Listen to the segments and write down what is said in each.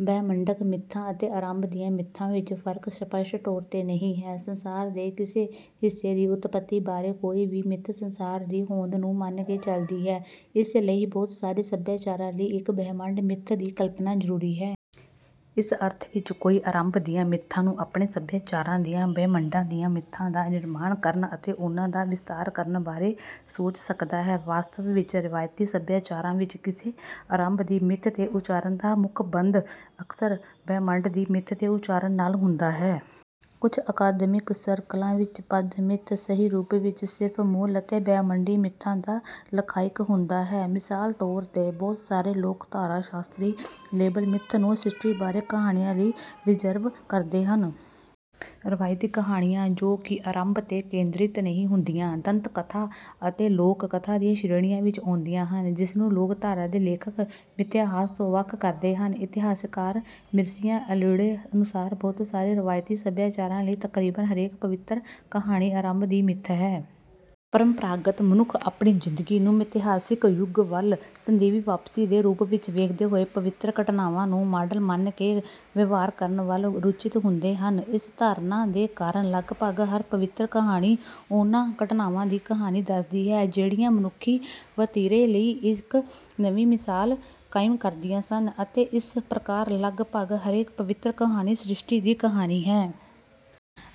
ਬ੍ਰਹਿਮੰਡਕ ਮਿੱਥਾਂ ਅਤੇ ਆਰੰਭ ਦੀਆਂ ਮਿੱਥਾਂ ਵਿੱਚ ਫਰਕ ਸਪੱਸ਼ਟ ਤੌਰ ਤੇ ਨਹੀਂ ਹੈ। ਸੰਸਾਰ ਦੇ ਕਿਸੇ ਹਿੱਸੇ ਦੀ ਉਤਪਤੀ ਬਾਰੇ ਕੋਈ ਵੀ ਮਿੱਥ ਸੰਸਾਰ ਦੀ ਹੋਂਦ ਨੂੰ ਮੰਨ ਕੇ ਚੱਲਦੀ ਹੈ। ਇਸ ਲਈ ਬਹੁਤ ਸਾਰੇ ਸਭਿਆਚਾਰਾਂ ਲਈ, ਇੱਕ ਬ੍ਰਹਿਮੰਡ ਮਿੱਥ ਦੀ ਕਲਪਨਾ ਜ਼ਰੂਰੀ ਹੈ। ਇਸ ਅਰਥ ਵਿੱਚ, ਕੋਈ ਆਰੰਭ ਦੀਆਂ ਮਿੱਥਾਂ ਨੂੰ ਆਪਣੇ ਸਭਿਆਚਾਰਾਂ ਦੀਆਂ 'ਬ੍ਰਹਿਮੰਡ ਦੀਆਂ ਮਿੱਥਾਂ' ਦਾ ਨਿਰਮਾਣ ਕਰਨ ਅਤੇ ਉਨ੍ਹਾਂ ਦਾ ਵਿਸਤਾਰ ਕਰਨ ਬਾਰੇ ਸੋਚ ਸਕਦਾ ਹੈ। ਵਾਸਤਵ ਵਿੱਚ, ਰਵਾਇਤੀ ਸਭਿਆਚਾਰਾਂ ਵਿੱਚ, ਕਿਸੇ ਆਰੰਭ ਦੀ ਮਿੱਥ ਦੇ ਉਚਾਰਨ ਦਾ ਮੁੱਖਬੰਧ ਅਕਸਰ ਬ੍ਰਹਿਮੰਡ ਦੀ ਮਿੱਥ ਦੇ ਉਚਾਰਨ ਨਾਲ ਹੁੰਦਾ ਹੈ। ਕੁਝ ਅਕਾਦਮਿਕ ਸਰਕਲਾਂ ਵਿੱਚ, ਪਦ "ਮਿੱਥ" ਸਹੀ ਰੂਪ ਵਿੱਚ ਸਿਰਫ ਮੂਲ ਅਤੇ ਬ੍ਰਹਿਮੰਡੀ ਮਿੱਥਾਂ ਦਾ ਲਖਾਇਕ ਹੁੰਦਾ ਹੈ। ਮਿਸਾਲ ਦੇ ਤੌਰ ਤੇ, ਬਹੁਤ ਸਾਰੇ ਲੋਕਧਾਰਾ ਸ਼ਾਸਤਰੀ ਲੇਬਲ "ਮਿੱਥ" ਨੂੰ ਸ੍ਰਿਸ਼ਟੀ ਬਾਰੇ ਕਹਾਣੀਆਂ ਲਈ ਰਿਜ਼ਰਵ ਕਰਦੇ ਹਨ। ਰਵਾਇਤੀ ਕਹਾਣੀਆਂ, ਜੋ ਕਿ ਆਰੰਭ 'ਤੇ ਕੇਂਦਰਿਤ ਨਹੀਂ ਹੁੰਦੀਆਂ, 'ਦੰਤਕਥਾ' ਅਤੇ 'ਲੋਕ ਕਥਾ' ਦੀਆਂ ਸ਼੍ਰੇਣੀਆਂ ਵਿੱਚ ਆਉਂਦੀਆਂ ਹਨ, ਜਿਸਨੂੰ ਲੋਕਧਾਰਾ ਦੇ ਲੇਖਕ ਮਿਥਿਹਾਸ ਤੋਂ ਵੱਖ ਕਰਦੇ ਹਨ। ਇਤਿਹਾਸਕਾਰ ਮਿਰਸੀਆ ਅਲੀਡੇ ਅਨੁਸਾਰ, ਬਹੁਤ ਸਾਰੇ ਰਵਾਇਤੀ ਸੱਭਿਆਚਾਰਾਂ ਲਈ, ਤਕਰੀਬਨ ਹਰੇਕ ਪਵਿੱਤਰ ਕਹਾਣੀ ਆਰੰਭ ਦੀ ਮਿੱਥ ਹੈ। ਪਰੰਪਰਾਗਤ ਮਨੁੱਖ ਆਪਣੀ ਜ਼ਿੰਦਗੀ ਨੂੰ ਮਿਥਿਹਾਸਿਕ ਯੁੱਗ ਵੱਲ "ਸਦੀਵੀ ਵਾਪਸੀ" ਦੇ ਰੂਪ ਵਿੱਚ ਵੇਖਦੇ ਹੋਏ ਪਵਿੱਤਰ ਘਟਨਾਵਾਂ ਨੂੰ ਮਾਡਲ ਮੰਨ ਕੇ ਵਿਵਹਾਰ ਕਰਨ ਵੱਲ ਰੁਚਿਤ ਹੁੰਦੇ ਹਨ। ਇਸ ਧਾਰਨਾ ਦੇ ਕਾਰਨ, ਲਗਭਗ ਹਰ ਪਵਿੱਤਰ ਕਹਾਣੀ ਉਹਨਾਂ ਘਟਨਾਵਾਂ ਦੀ ਕਹਾਣੀ ਦੱਸਦੀ ਹੈ ਜਿਹੜੀਆਂ ਮਨੁੱਖੀ ਵਤੀਰੇ ਲਈ ਇੱਕ ਨਵੀਂ ਮਿਸਾਲ ਕਾਇਮ ਕਰਦੀਆਂ ਸਨ, ਅਤੇ ਇਸ ਪ੍ਰਕਾਰ ਲਗਭਗ ਹਰੇਕ ਪਵਿੱਤਰ ਕਹਾਣੀ ਸ੍ਰਿਸ਼ਟੀ ਦੀ ਕਹਾਣੀ ਹੈ।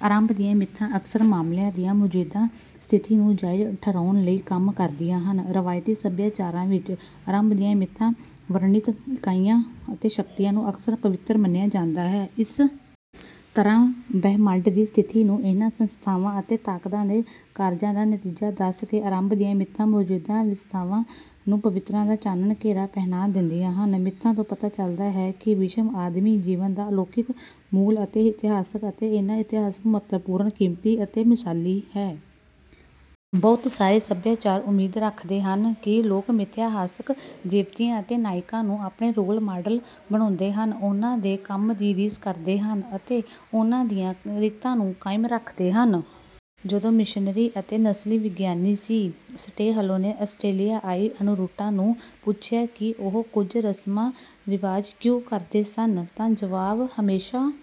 ਆਰੰਭ ਦੀਆਂ ਮਿੱਥਾਂ ਅਕਸਰ ਮਾਮਲਿਆਂ ਦੀ ਮੌਜੂਦਾ ਸਥਿਤੀ ਨੂੰ ਜਾਇਜ਼ ਠਹਿਰਾਉਣ ਲਈ ਕੰਮ ਕਰਦੀਆਂ ਹਨ। ਰਵਾਇਤੀ ਸੱਭਿਆਚਾਰਾਂ ਵਿੱਚ, ਆਰੰਭ ਦੀਆਂ ਮਿੱਥਾਂ ਵਿੱਚ ਵਰਣਿਤ ਇਕਾਈਆਂ ਅਤੇ ਸ਼ਕਤੀਆਂ ਨੂੰ ਅਕਸਰ ਪਵਿੱਤਰ ਮੰਨਿਆ ਜਾਂਦਾ ਹੈ। ਇਸ ਤਰ੍ਹਾਂ ਬ੍ਰਹਿਮੰਡ ਦੀ ਸਥਿਤੀ ਨੂੰ ਇਹਨਾਂ ਸੰਸਥਾਵਾਂ ਅਤੇ ਤਾਕਤਾਂ ਦੇ ਕਾਰਜਾਂ ਦਾ ਨਤੀਜਾ ਦੱਸ ਕੇ ਆਰੰਭ ਦੀਆਂ ਮਿੱਥਾਂ ਮੌਜੂਦਾ ਵਿਵਸਥਾ ਨੂੰ ਪਵਿੱਤਰਤਾ ਦਾ ਚਾਨਣ ਘੇਰਾ ਪਹਿਨਾ ਦਿੰਦੀਆਂ ਹਨ: "ਮਿੱਥਾਂ ਤੋਂ ਪਤਾ ਚਲਦਾ ਹੈ ਕਿ ਵਿਸ਼ਵ, ਆਦਮੀ ਅਤੇ ਜੀਵਨ ਦਾ ਅਲੌਕਿਕ ਮੂਲ ਅਤੇ ਇਤਿਹਾਸ ਹੈ ਅਤੇ ਇਹ ਇਤਿਹਾਸ ਮਹੱਤਵਪੂਰਣ, ਕੀਮਤੀ ਅਤੇ ਮਿਸਾਲੀ ਹੈ।" ਬਹੁਤ ਸਾਰੇ ਸਭਿਆਚਾਰ ਉਮੀਦ ਰੱਖਦੇ ਹਨ ਕਿ ਲੋਕ ਮਿਥਿਹਾਸਕ ਦੇਵਤਿਆਂ ਅਤੇ ਨਾਇਕਾਂ ਨੂੰ ਆਪਣੇ ਰੋਲ ਮਾਡਲ ਬਣਾਉਂਦੇ ਹਨ, ਉਹਨਾਂ ਦੇ ਕੰਮ ਦੀ ਰੀਸ ਕਰਦੇ ਹਨ ਅਤੇ ਉਹਨਾਂ ਦੀਆਂ ਰੀਤਾਂ ਨੂੰ ਕਾਇਮ ਰੱਖਦੇ ਹਨ। ਜਦੋਂ ਮਿਸ਼ਨਰੀ ਅਤੇ ਨਸਲੀ ਵਿਗਿਆਨੀ ਸੀ. ਸਟਰੇਹਲੋ ਨੇ ਆਸਟ੍ਰੇਲੀਆਈ ਅਰੂਨਟਾ ਨੂੰ ਪੁੱਛਿਆ ਕਿ ਉਹ ਕੁਝ ਰਸਮਾਂ ਰਿਵਾਜ ਕਿਉਂ ਕਰਦੇ ਸਨ, ਤਾਂ ਜਵਾਬ ਹਮੇਸ਼ਾਂ।